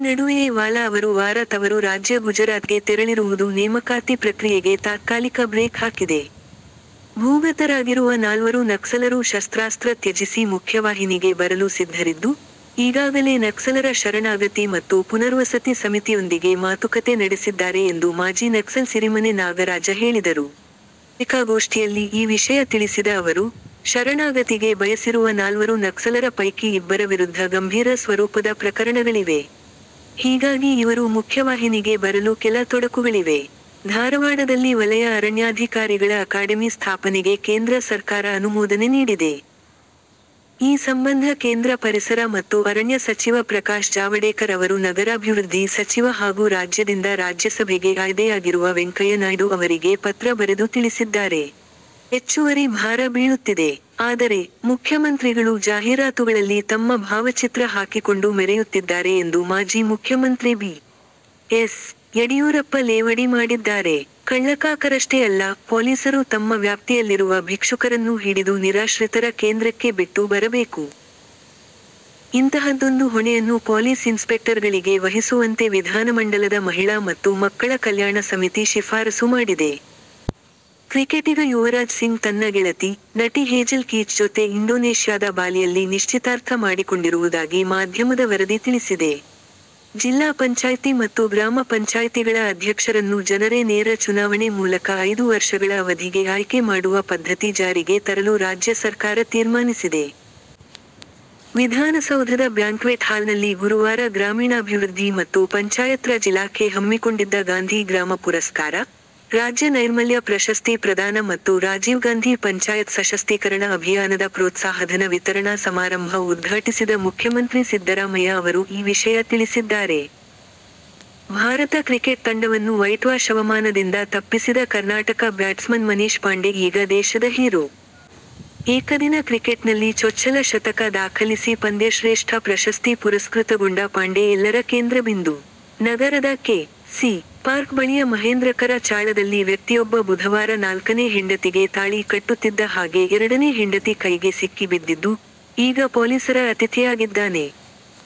ಈ ನಡುವೆಯೇ ವಾಲಾ ಅವರು ವಾರ ತವರು ರಾಜ್ಯ ಗುಜರಾತ್ಗೆ ತೆರಳಿರುವುದು ನೇಮಕಾತಿ ಪ್ರಕ್ರಿಯೆಗೆ ತಾತ್ಕಾಲಿಕ ಬ್ರೇಕ್ ಹಾಕಿದೆ. ಭೂಗತರಾಗಿರುವ ನಾಲ್ವರು ನಕ್ಸಲರು ಶಸ್ತ್ರಾಸ್ತ್ರ ತ್ಯಜಿಸಿ ಮುಖ್ಯವಾಹಿನಿಗೆ ಬರಲು ಸಿದ್ಧರಿದ್ದು, ಈಗಾಗಲೇ ನಕ್ಸಲರ ಶರಣಾಗತಿ ಮತ್ತು ಪುನರ್ವಸತಿ ಸಮಿತಿಯೊಂದಿಗೆ ಮಾತುಕತೆ ನಡೆಸಿದ್ದಾರೆ ಎಂದು ಮಾಜಿ ನಕ್ಸಲ್ ಸಿರಿಮನೆ ನಾಗರಾಜ ಹೇಳಿದರು. ರವಿವಾರ ಪತ್ರಿಕಾಗೋಷ್ಠಿಯಲ್ಲಿ ಈ ವಿಷಯ ತಿಳಿಸಿದ ಅವರು, ಶರಣಾಗತಿಗೆ ಬಯಸಿರುವ ನಾಲ್ವರು ನಕ್ಸಲರ ಪೈಕಿ ಇಬ್ಬರ ವಿರುದ್ಧ ಗಂಭೀರ ಸ್ವರೂಪದ ಪ್ರಕರಣಗಳಿವೆ. ಹೀಗಾಗಿ ಇವರು ಮುಖ್ಯವಾಹಿನಿಗೆ ಬರಲು ಕೆಲ ತೊಡಕುಗಳಿವೆ. ಧಾರವಾಡದಲ್ಲಿ ವಲಯ ಅರಣ್ಯಾಧಿಕಾರಿಗಳ ಅಕಾಡೆಮಿ ಸ್ಥಾಪನೆಗೆ ಕೇಂದ್ರ ಸರ್ಕಾರ ಅನುಮೋದನೆ ನೀಡಿದೆ. ಈ ಸಂಬಂಧ ಕೇಂದ್ರ ಪರಿಸರ ಮತ್ತು ಅರಣ್ಯ ಸಚಿವ ಪ್ರಕಾಶ್ ಜಾವಡೇಕರ್ ಅವರು ನಗರಾಭಿವೃದ್ಧಿ ಸಚಿವ ಹಾಗೂ ರಾಜ್ಯದಿಂದ ರಾಜ್ಯಸಭೆಗೆ ಆಯ್ದೆಯಾಗಿರುವ ವೆಂಕಯ್ಯನಾಯ್ಡು ಅವರಿಗೆ ಪತ್ರ ಬರೆದು ತಿಳಿಸಿದ್ದಾರೆ. ಹೆಚ್ಚುವರಿ ಭಾರ ಬೀಳುತ್ತಿದೆ. ಆದರೆ, ಮುಖ್ಯಮಂತ್ರಿಗಳು ಜಾಹೀರಾತುಗಳಲ್ಲಿ ತಮ್ಮ ಭಾವಚಿತ್ರ ಹಾಕಿಕೊಂಡು ಮೆರೆಯುತ್ತಿದ್ದಾರೆ ಎಂದು ಮಾಜಿ ಮುಖ್ಯಮಂತ್ರಿ ಬಿ. ಎಸ್. ಯಡಿಯೂರಪ್ಪ ಲೇವಡಿ ಮಾಡಿದ್ದಾರೆ. ಕಳ್ಳಕಾಕರಷ್ಟೇ ಅಲ್ಲ, ಪೊಲೀಸರು ತಮ್ಮ ವ್ಯಾಪ್ತಿಯಲ್ಲಿರುವ ಭಿಕ್ಷುಕರನ್ನೂ ಹಿಡಿದು ನಿರಾಶ್ರಿತರ ಕೇಂದ್ರಕ್ಕೆ ಬಿಟ್ಟು ಬರಬೇಕು. ಇಂತಹದ್ದೊಂದು ಹೊಣೆಯನ್ನು ಪೊಲೀಸ್ ಇನ್ಸ್ಪೆಕ್ಟರ್ಗಳಿಗೆ ವಹಿಸುವಂತೆ ವಿಧಾನಮಂಡಲದ ಮಹಿಳಾ ಮತ್ತು ಮಕ್ಕಳ ಕಲ್ಯಾಣ ಸಮಿತಿ ಶಿಫಾರಸು ಮಾಡಿದೆ. ಕ್ರಿಕೆಟಿಗ ಯುವರಾಜ್ ಸಿಂಗ್ ತನ್ನ ಗೆಳತಿ, ನಟಿ ಹೇಜೆಲ್ ಕೀಚ್ ಜೊತೆ ಇಂಡೋನೇಷ್ಯಾದ ಬಾಲಿಯಲ್ಲಿ ನಿಶ್ಚಿತಾರ್ಥ ಮಾಡಿಕೊಂಡಿರುವುದಾಗಿ ಮಾಧ್ಯಮದ ವರದಿ ತಿಳಿಸಿದೆ. ಜಿಲ್ಲಾ ಪಂಚಾಯ್ತಿ ಮತ್ತು ಗ್ರಾಮ ಪಂಚಾಯ್ತಿಗಳ ಅಧ್ಯಕ್ಷರನ್ನು ಜನರೇ ನೇರ ಚುನಾವಣೆ ಮೂಲಕ ಐದು ವರ್ಷಗಳ ಅವಧಿಗೆ ಆಯ್ಕೆ ಮಾಡುವ ಪದ್ಧತಿ ಜಾರಿಗೆ ತರಲು ರಾಜ್ಯ ಸರ್ಕಾರ ತೀರ್ಮಾನಿಸಿದೆ. ವಿಧಾನಸೌಧದ ಬ್ಯಾಂಕ್ವೆಟ್ ಹಾಲ್ನಲ್ಲಿ ಗುರುವಾರ ಗ್ರಾಮೀಣಾಭಿವೃದ್ಧಿ ಮತ್ತು ಪಂಚಾಯತ್ರಾಜ್ ಇಲಾಖೆ ಹಮ್ಮಿಕೊಂಡಿದ್ದ ಗಾಂಧಿ ಗ್ರಾಮ ಪುರಸ್ಕಾರ, ರಾಜ್ಯ ನೈರ್ಮಲ್ಯ ಪ್ರಶಸ್ತಿ ಪ್ರದಾನ ಮತ್ತು ರಾಜೀವ್ಗಾಂಧಿ ಪಂಚಾಯತ್ ಸಶಸ್ತೀಕರಣ ಅಭಿಯಾನದ ಪ್ರೋತ್ಸಾಹಧನ ವಿತರಣಾ ಸಮಾರಂಭ ಉದ್ಘಾಟಿಸಿದ ಮುಖ್ಯಮಂತ್ರಿ ಸಿದ್ದರಾಮಯ್ಯ ಅವರು ಈ ವಿಷಯ ತಿಳಿಸಿದ್ದಾರೆ. ಭಾರತ ಕ್ರಿಕೆಟ್ ತಂಡವನ್ನು ವೈಟ್ವಾಷ್ ಅವಮಾನದಿಂದ ತಪ್ಪಿಸಿದ ಕರ್ನಾಟಕ ಬ್ಯಾಟ್ಸ್ಮನ್ ಮನೀಶ್ ಪಾಂಡೆ ಈಗ ದೇಶದ ಹೀರೋ. ಏಕದಿನ ಕ್ರಿಕೆಟ್ನಲ್ಲಿ ಚೊಚ್ಚಲ ಶತಕ ದಾಖಲಿಸಿ ಪಂದ್ಯಶ್ರೇಷ್ಠ ಪ್ರಶಸ್ತಿ ಪುರಸ್ಕೃತಗೊಂಡ ಪಾಂಡೆ ಎಲ್ಲರ ಕೇಂದ್ರಬಿಂದು. ನಗರದ ಕೆ. ಸಿ. ಪಾರ್ಕ್ ಬಳಿಯ ಮಹೇಂದ್ರಕರ ಚಾಳದಲ್ಲಿ ವ್ಯಕ್ತಿಯೊಬ್ಬ ಬುಧವಾರ ನಾಲ್ಕನೇ ಹೆಂಡತಿಗೆ ತಾಳಿ ಕಟ್ಟುತ್ತಿದ್ದ ಹಾಗೆ ಎರಡನೇ ಹೆಂಡತಿ ಕೈಗೆ ಸಿಕ್ಕಿ ಬಿದ್ದಿದ್ದು, ಈಗ ಪೊಲೀಸರ ಅತಿಥಿಯಾಗಿದ್ದಾನೆ.